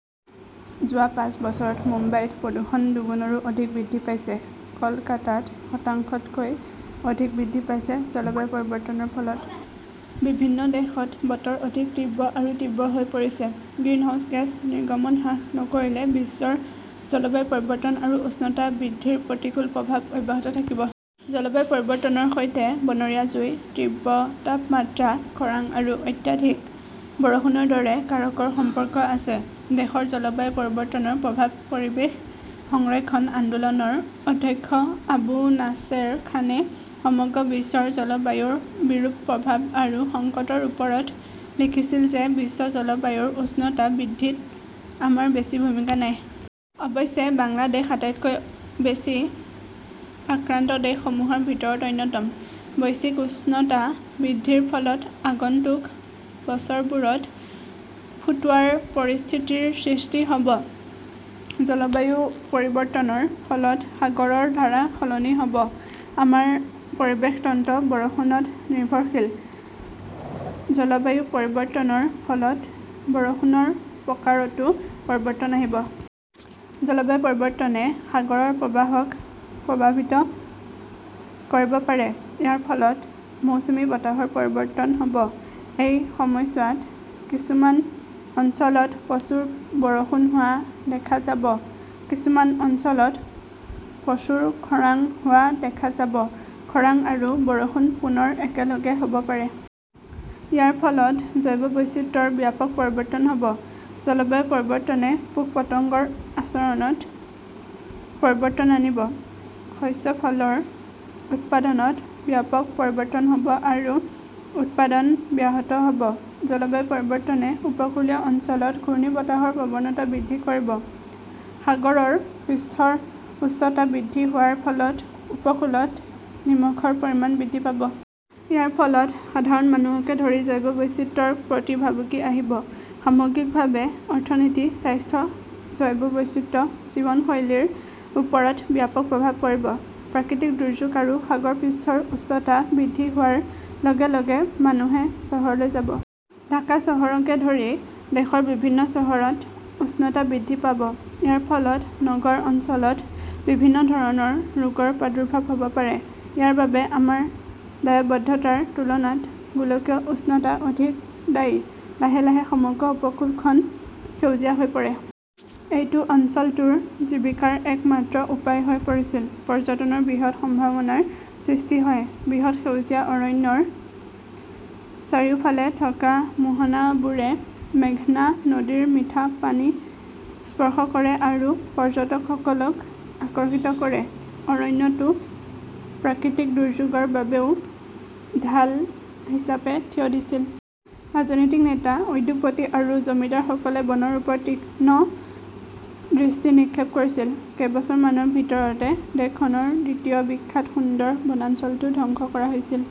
যোৱা পাঁচ বছৰত মুম্বাইত প্ৰদূষণ দুগুণৰো অধিক বৃদ্ধি পাইছে, কলকাতাত শতাংশতকৈ অধিক বৃদ্ধি পাইছে জলবায়ু পৰিৱৰ্তনৰ ফলত বিশ্বৰ বিভিন্ন দেশত বতৰ অধিক তীব্ৰ আৰু তীব্ৰ হৈ পৰিছে। গ্ৰিনহাউজ গেছ নিৰ্গমন হ্ৰাস নকৰিলে বিশ্বৰ জলবায়ু পৰিৱৰ্তন আৰু উষ্ণতা বৃদ্ধিৰ প্ৰতিকূল প্ৰভাৱ অব্যাহত থাকিব। জলবায়ু পৰিৱৰ্তনৰ সৈতে বনৰীয়া জুই, তীব্ৰ তাপমাত্ৰা, খৰাং আৰু অত্যাধিক বৰষুণৰ দৰে কাৰকৰ সম্পৰ্ক আছে। দেশৰ জলবায়ু পৰিৱৰ্তনৰ প্ৰভাৱ পৰিৱেশ সংৰক্ষণ আন্দোলনৰ অধ্যক্ষ আবু নাছেৰ খানে সমগ্ৰ বিশ্বৰ জলবায়ুৰ বিৰূপ প্ৰভাৱ আৰু সংকটৰ ওপৰত লিখিছিল যে বিশ্ব জলবায়ুৰ উষ্ণতা বৃদ্ধিত আমাৰ বেছি ভূমিকা নাই। অৱশ্যে বাংলাদেশ আটাইতকৈ বেছি আক্ৰান্ত দেশসমূহৰ ভিতৰত অন্যতম। বৈশ্বিক উষ্ণতা বৃদ্ধিৰ ফলত আগন্তুক বছৰবোৰত ফুটোৱাৰ পৰিস্থিতিৰ সৃষ্টি হʼব। জলবায়ু পৰিৱৰ্তনৰ ফলত সাগৰৰ ধাৰা সলনি হʼব। আমাৰ পৰিৱেশ তন্ত্ৰ বৰষুণত নিৰ্ভৰশীল। জলবায়ু পৰিৱৰ্তনৰ ফলত বৰষুণৰ প্ৰকাৰতো পৰিৱৰ্তন আহিব। জলবায়ু পৰিৱৰ্তনে সাগৰৰ প্ৰবাহক প্ৰভাৱিত কৰিব পাৰে। ইয়াৰ ফলত মৌচুমী বতাহৰ পৰিৱৰ্তন হʼব। এই সময়ছোৱাত কিছুমান অঞ্চলত প্ৰচুৰ বৰষুণ হোৱা দেখা যাব, কিছুমান অঞ্চলত প্ৰচুৰ খৰাং হোৱা দেখা যাব। খৰাং আৰু বৰষুণ পুনৰ একেলগে হʼব পাৰে। ইয়াৰ ফলত জৈৱ বৈচিত্ৰ্যৰ ব্যাপক পৰিৱৰ্তন হʼব। জলবায়ু পৰিৱৰ্তনে পোক-পতংগৰ আচৰণত পৰিৱৰ্তন আনিব। শস্য, ফলৰ উৎপাদনত ব্যাপক পৰিৱৰ্তন হʼব আৰু উৎপাদন ব্যাহত হʼব। জলবায়ু পৰিৱৰ্তনে উপকূলীয় অঞ্চলত ঘূৰ্ণীবতাহৰ প্ৰৱণতা বৃদ্ধি কৰিব। সাগৰৰ পৃষ্ঠৰ উচ্চতা বৃদ্ধি হোৱাৰ ফলত উপকূলত নিমখৰ পৰিমাণ বৃদ্ধি পাব। ইয়াৰ ফলত সাধাৰণ মানুহকে ধৰি জৈৱ বৈচিত্ৰ্যৰ প্ৰতি ভাবুকি আহিব। সামগ্ৰিকভাৱে অৰ্থনীতি, স্বাস্থ্য, জৈৱ বৈচিত্ৰ্য, জীৱনশৈলীৰ ওপৰত ব্যাপক প্ৰভাৱ পৰিব। প্ৰাকৃতিক দুৰ্যোগ আৰু সাগৰ পৃষ্ঠৰ উচ্চতা বৃদ্ধি হোৱাৰ লগে লগে মানুহে চহৰলৈ যাব। ঢাকা চহৰকে ধৰি দেশৰ বিভিন্ন চহৰত উষ্ণতা বৃদ্ধি পাব। ইয়াৰ ফলত নগৰ অঞ্চলত বিভিন্ন ধৰণৰ ৰোগৰ প্ৰাদুৰ্ভাৱ হʼব পাৰে। ইয়াৰ বাবে আমাৰ দায়বদ্ধতাৰ তুলনাত গোলকীয় উষ্ণতা অধিক দায়ী। লাহে লাহে সমগ্ৰ উপকূলখন সেউজীয়া হৈ পৰে। এইটো অঞ্চলটোৰ জীৱিকাৰ একমাত্ৰ উপায় হৈ পৰিছিল। পৰ্যটনৰ বৃহৎ সম্ভাৱনাৰ সৃষ্টি হয়। বৃহৎ সেউজীয়া অৰণ্যৰ চাৰিওফালে থকা মোহনাবোৰে মেঘনা নদীৰ মিঠা পানী স্পৰ্শ কৰে আৰু পৰ্যটকসকলক আকৰ্ষিত কৰে। অৰণ্যটো প্ৰাকৃতিক দুৰ্যোগৰ বাবেও ঢাল হিচাপে থিয় দিছিল। ৰাজনৈতিক নেতা, উদ্যোগপতি আৰু জমিদাৰসকলে বনৰ ওপৰত তীক্ষ্ণ দৃষ্টি নিক্ষেপ কৰিছিল। কেইবছৰমানৰ ভিতৰতে দেশখনৰ দ্বিতীয় বিখ্যাত সুন্দৰ বনাঞ্চলটো ধ্বংস কৰা হৈছিল।